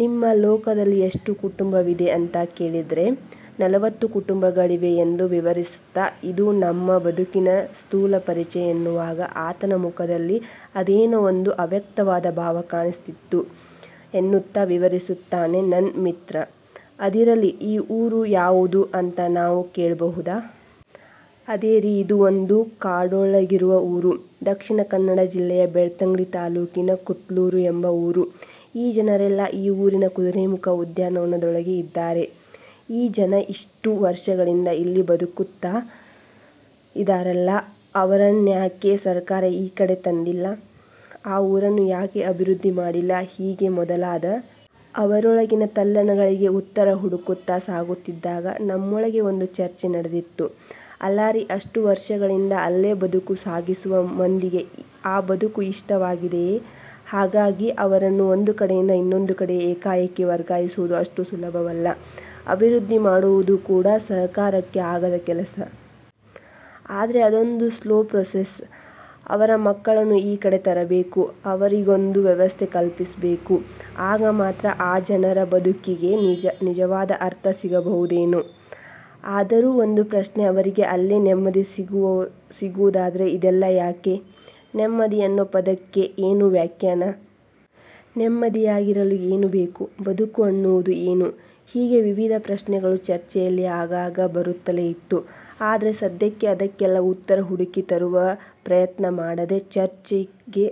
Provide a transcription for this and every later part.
ನಿಮ್ಮ ಲೋಕದಲ್ಲಿ ಎಷ್ಟು ಕುಟುಂಬವಿದೆ ಅಂತ ಕೇಳಿದ್ರೆ, ನಲವತ್ತು ಕುಟುಂಬಗಳಿವೆ ಎಂದು ವಿವರಿಸ್ತಾ ಇದು ನಮ್ ಬದುಕಿನ ಸ್ಥೂಲ ಪರಿಚಯ ಎನ್ನುವಾಗ ಆತನ ಮುಖದಲ್ಲಿ ಅದೇನೋ ಒಂದು ಅವ್ಯಕ್ತವಾದ ಭಾವ ಕಾಣಿಸುತ್ತಿತ್ತು, ಎನ್ನುತ್ತಾ ವಿವರಿಸುತ್ತಾನೆ ನನ್ ಮಿತ್ರ. ಅದಿರಲಿ ಈ ಊರು ಯಾವುದು ಅಂತ ನಾವು ಕೇಳ್ಬಹುದಾ? ಅದೇರೀ ಇದೂ ಒಂದು ಕಾಡೋಳಗಿರುವ ಊರು. ದಕ್ಷಿಣ ಕನ್ನಡ ಜಿಲ್ಲೆಯ ಬೆಳ್ತಂಗಡಿ ತಾಲೂಕಿನ ಕುತ್ಲೂರು ಎಂಬ ಊರು. ಈ ಜನರೆಲ್ಲಾ ಈ ಊರಿನ ಕುದುರೆಮುಖ ಉದ್ಯಾನವನದೊಳಗೆ ಇದಾರೆ. ಆ ಜನ ಇಷ್ಟೂ ವರ್ಷಗಳಿಂದ ಅಲ್ಲಿ ಬದುಕುತ್ತಾ ಇದಾರಲ್ಲ ಅವರನ್ಯಾಕೆ ಸರಕಾರ ಈ ಕಡೆ ತಂದಿಲ್ಲ, ಆ ಊರನ್ನು ಯಾಕೆ ಅಭಿವೃದ್ದಿ ಮಾಡಿಲ್ಲ ಹೀಗೆ ಮೊದಲಾದ.. ಅವರೊಳಗಿನ ತಲ್ಲಣಗಳಿಗೆ ಉತ್ತರ ಹುಡುಕುತ್ತಾ ಸಾಗುತ್ತಿದ್ದಾಗ, ನಮ್ಮೊಳಗೆ ಒಂದು ಚರ್ಚೆ ನಡೆದಿತ್ತು. ಅಲ್ಲಾರೀ ಅಷ್ಟೂ ವರ್ಷಗಳಿಂದ ಅಲ್ಲೇ ಬದುಕು ಸಾಗಿಸುವ ಮಂದಿಗೆ ಆ ಬದುಕು ಇಷ್ಟವಾಗಿದೆ. ಹಾಗಾಗಿ ಅವರನ್ನು ಒಂದು ಕಡೆಯಿಂದ ಇನ್ನೊಂದು ಕಡೆಗೆ ಏಕಾಏಕಿ ವರ್ಗಾಯಿಸುವುದು ಅಷ್ಟು ಸುಲಭವಲ್ಲ. ಅಭಿವೃದ್ದಿ ಮಾಡುವುದೂ ಕೂಡಾ ಸರಕಾರಕ್ಕೆ ಆಗದ ಕೆಲಸ. ಆದ್ರೆ ಅದೊಂದು ಸ್ಲೋ ಪ್ರೋಸೆಸ್. ಅವರ ಮಕ್ಕಳನ್ನು ಈ ಕಡೆ ತರಬೇಕು. ಅವ್ರಿಗೊಂದು ವ್ಯವಸ್ಥೆ ಕಲ್ಪಿಸಬೇಕು ಆಗ ಮಾತ್ರಾ ಆ ಜನರ ಬದುಕಿಗೆ ನಿಜವಾದ ಅರ್ಥ ಸಿಗಬಹುದೇನೋ? ಆದರೂ ಒಂದು ಪ್ರಶ್ನೆ ಅವ್ರಿಗೆ ಅಲ್ಲೇ ನೆಮ್ಮದಿ ಸಿಗುವದಾದ್ರೆ ಇದೆಲ್ಲಾ ಯಾಕೆ.? ನೆಮ್ಮದಿ ಅನ್ನೋ ಪದಕ್ಕೆ ಏನು ವ್ಯಾಖ್ಯಾನ.?. ನೆಮ್ಮದಿಯಾಗಿರಲು ಏನು ಬೇಕು? ಬದುಕು ಅನ್ನುವುದು ಏನು..? ಹೀಗೇ ವಿವಿದ ಪ್ರಶ್ನೆಗಳು ಚರ್ಚೆಯಲ್ಲಿ ಆಗಾಗ ಬರುತ್ತಲೇ ಇತ್ತು. ಆದ್ರೆ ಸದ್ಯಕ್ಕೆ ಅದಕ್ಕೆಲ್ಲಾ ಉತ್ತರ ಹುಡುಕಿ ತರುವ ಪ್ರಯತ್ನ ಮಾಡದೆ ಚರ್ಚೆಗೆ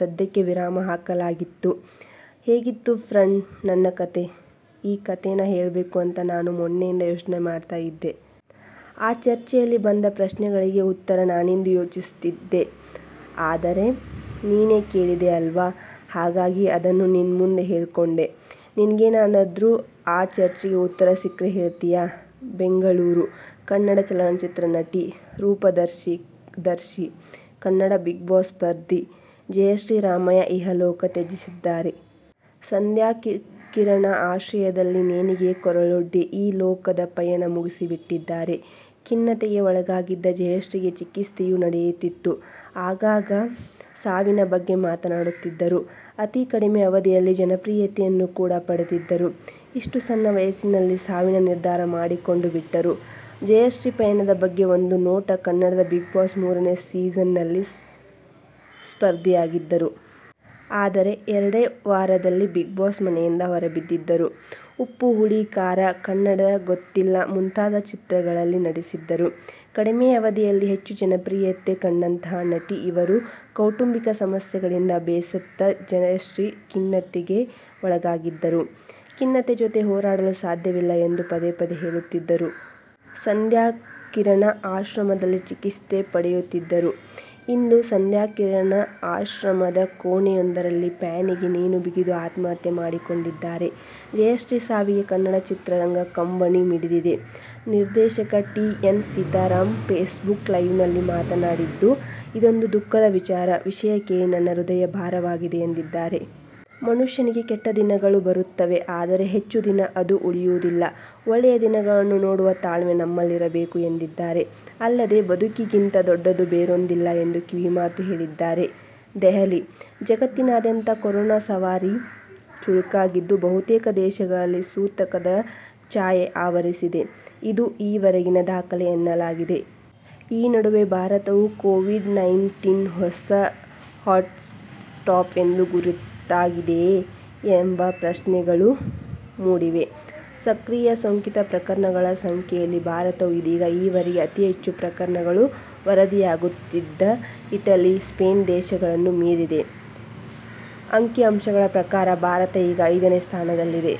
ಸದ್ಯಕ್ಕೆ ವಿರಾಮ ಹಾಕಲಾಗಿತ್ತು. ಹೇಗಿತ್ತು ಫ್ರಂಡ್ ನನ್ನ ಕತೆ.ಈ ಕತೆನಾ ಹೇಳ್ಬೇಕು ಅಂತಾ ನಾನು ಮೊನ್ನೆಯಿಂದ ಯೋಚ್ನೆ ಮಾಡ್ತಾ ಇದ್ದೆ. ಆ ಚರ್ಚೆಯಲ್ಲಿ ಬಂದ ಪ್ರಶ್ನೆಗಳಿಗೆ ಉತ್ತರ ನಾನಿಂದು ಯೋಚಿಸ್ತಿದ್ದೆ, ಆದರೆ ನೀನೇ ಕೇಳಿದೆ ಅಲ್ವಾ, ಹಾಗಾಗಿ ಅದನ್ನು ನಿನ್ ಮುಂದೆ ಹೇಳಿಕೊಂಡೆ. ನಿನ್ಗೇನಾದ್ರೂ ಆ ಚರ್ಚೆಗೆ ಉತ್ತರ ಸಿಕ್ರೆ ಹೇಳ್ತಿಯಾ? ಬೆಂಗಳೂರು: ಕನ್ನಡ ಚಲನಚಿತ್ರ ನಟಿ, ರೂಪದರ್ಶಿ, ಕನ್ನಡ ಬಿಗ್ ಬಾಸ್ ಸ್ಪರ್ಧಿ ಜಯಶ್ರೀ ರಾಮಯ್ಯ ಇಹ ಲೋಕ ತ್ಯಜಿಸಿದ್ದಾರೆ. ಸಂಧ್ಯಾ ಕಿರಣ ಆಶ್ರಮದಲ್ಲಿ ನೇಣಿಗೆ ಕೊರಳೊಡ್ಡಿ ಈ ಲೋಕದ ಪಯಣ ಮುಗಿಸಿಬಿಟ್ಟಿದ್ದಾರೆ. ಖಿನ್ನತೆಗೆ ಒಳಗಾಗಿದ್ದ ಜಯಶ್ರೀಗೆ ಚಿಕಿತ್ಸೆಯೂ ನಡೆಯುತ್ತಿತ್ತು. ಆಗಾಗ ಸಾವಿನ ಬಗ್ಗೆ ಮಾತನಾಡುತ್ತಿದ್ದರು. ಅತಿ ಕಡಿಮೆ ಅವಧಿಯಲ್ಲಿ ಜನಪ್ರಿಯತೆಯನ್ನು ಕೂಡಾ ಪಡೆದಿದ್ದರು. ಇಷ್ಟು ಸಣ್ಣ ವಯಸ್ಸಿನಲ್ಲಿ ಸಾವಿನ ನಿರ್ಧಾರ ಮಾಡಿಕೊಂಡು ಬಿಟ್ಟರು. ಜಯಶ್ರೀ ಪಯಣದ ಬಗ್ಗೆ ಒಂದು ನೋಟ ಕನ್ನಡದ ಬಿಗ್ ಬಾಸ್ ಮೂರನೇ ಸೀಸನ್ ನಲ್ಲಿ ಸ್ಪರ್ಧಿಯಾಗಿದ್ದರು. ಆದರೆ ಎರಡೇ ವಾರದಲ್ಲಿ ಬಿಗ್ ಬಾಸ್ ಮನೆಯಿಂದ ಹೊರಬಿದ್ದಿದ್ದರು. ಉಪ್ಪು ಹುಳಿ ಖಾರ, ಕನ್ನಡ ಗೊತ್ತಿಲ್ಲ ಮುಂತಾದ ಚಿತ್ರಗಳಲ್ಲಿ ನಟಿಸಿದ್ದರು.. ಕಡಿಮೆ ಅವಧೀಯಲ್ಲಿ ಹೆಚ್ಚು ಜನಪ್ರಿಯತೆ ಕಂಡಂಥಹ ನಟಿ ಇವರು ಕೌಟುಂಬಿಕ ಸಮಸ್ಯೆಗಳಿಂದ ಬೇಸತ್ತ ಜಯಶ್ರೀ ಖಿನ್ನತೆಗೆ ಒಳಗಾಗಿದ್ದರು. ಖಿನ್ನತೆ ಜೊತೆ ಹೋರಾಡಲು ಸಾಧ್ಯವಿಲ್ಲ ಎಂದು ಪದೇ ಪದೇ ಹೇಳುತ್ತಿದ್ದರು. ಸಂಧ್ಯಾ ಕಿರಣ ಆಶ್ರಮದಲ್ಲಿ ಚಿಕಿತ್ಸೆ ಪಡೆಯುತ್ತಿದ್ದರು. ಇಂದು ಸಂಧ್ಯಾ ಕಿರಣ ಆಶ್ರಮದ ಕೋಣೆಯೊಂದರಲ್ಲಿ ಫ್ಯಾನಿಗೆ ನೇಣು ಬಿಗಿದು ಆತ್ಮಹತ್ಯೆ ಮಾಡಿಕೊಂಡಿದ್ದಾರೆ. ಜಯಶ್ರೀ ಸಾವಿಗೆ ಕನ್ನಡ ಚಿತ್ರರಂಗ ಕಂಬನಿ ಮಿಡಿದಿದೆ. ನಿರ್ದೇಶಕ T N Seetharam Facebook ಲೈವಲ್ಲಿ ಮಾತನಾಡಿದ್ದು, ಇದೊಂದು ದುಃಖದ ವಿಚಾರ. ವಿಷಯ ಕೇಳಿ ನನ್ನ ಹೃದಯ ಭಾರವಾಗಿದೆ ಎಂದಿದ್ದಾರೆ. ಮನುಷ್ಯನಿಗೆ ಕೆಟ್ಟ ದಿನಗಳು ಬರುತ್ತವೆ ಆದರೆ ಹೆಚ್ಚು ದಿನ ಅದು ಉಳಿಯುವುದಿಲ್ಲ. ಒಳ್ಳೆಯ ದಿನಗಳನ್ನು ನೋಡುವ ತಾಳ್ಮೆ ನಮ್ಮಲ್ಲಿರಬೇಕು ಎಂದಿದ್ದಾರೆ. ಅಲ್ಲದೆ ಬದುಕಿಗಿಂತ ದೊಡ್ಡದು ಬೇರೊಂದಿಲ್ಲ ಎಂದು ಕಿವಿಮಾತು ಹೇಳಿದ್ದಾರೆ. ದೆಹಲಿ: ಜಗತ್ತಿನಾದ್ಯಂತ ಕೊರೋನಾ ಸವಾರಿ ಚುರುಕಾಗಿದ್ದು ಬಹುತೇಕ ದೇಶಗಳಲ್ಲಿ ಸೂತಕದ ಛಾಯೆ ಆವರಿಸಿದೆ. ಇದು ಈ ವರೆಗಿನ ದಾಖಲೆ ಎನ್ನಲಾಗಿದೆ. ಈ ನಡುವೆ ಭಾರತವು ಕೋವಿಡ್ -ನೈನ್ ಟೀನ್ ಹೊಸ ಹಾಟ್ ಸ್ಪಾಟ್ ಎಂದು ಗುರುತಾಗಿದೆಯೇ? ಎಂಬ ಪ್ರಶ್ನೆಗಳೂ ಮೂಡಿವೆ. ಸಕ್ರಿಯ ಸೋಂಕಿತ ಪ್ರಕರಣಗಳ ಸಂಖ್ಯೆಯಲ್ಲಿ ಭಾರತವು ಇದೀಗ ಈ ವರೆಗೆ ಅತೀ ಹೆಚ್ಚು ಪ್ರಕರಣಗಳು ವರದಿಯಾಗುತ್ತಿದ್ದ ಇಟಲಿ, ಸ್ಪೇನ್ ದೇಶಗಳನ್ನೂ ಮೀರಿದೆ. ಅಂಕಿ ಅಂಶಗಳ ಪ್ರಕಾರ ಭಾರತ ಈಗ ಐದನೇ ಸ್ಥಾನದಲ್ಲಿದೆ.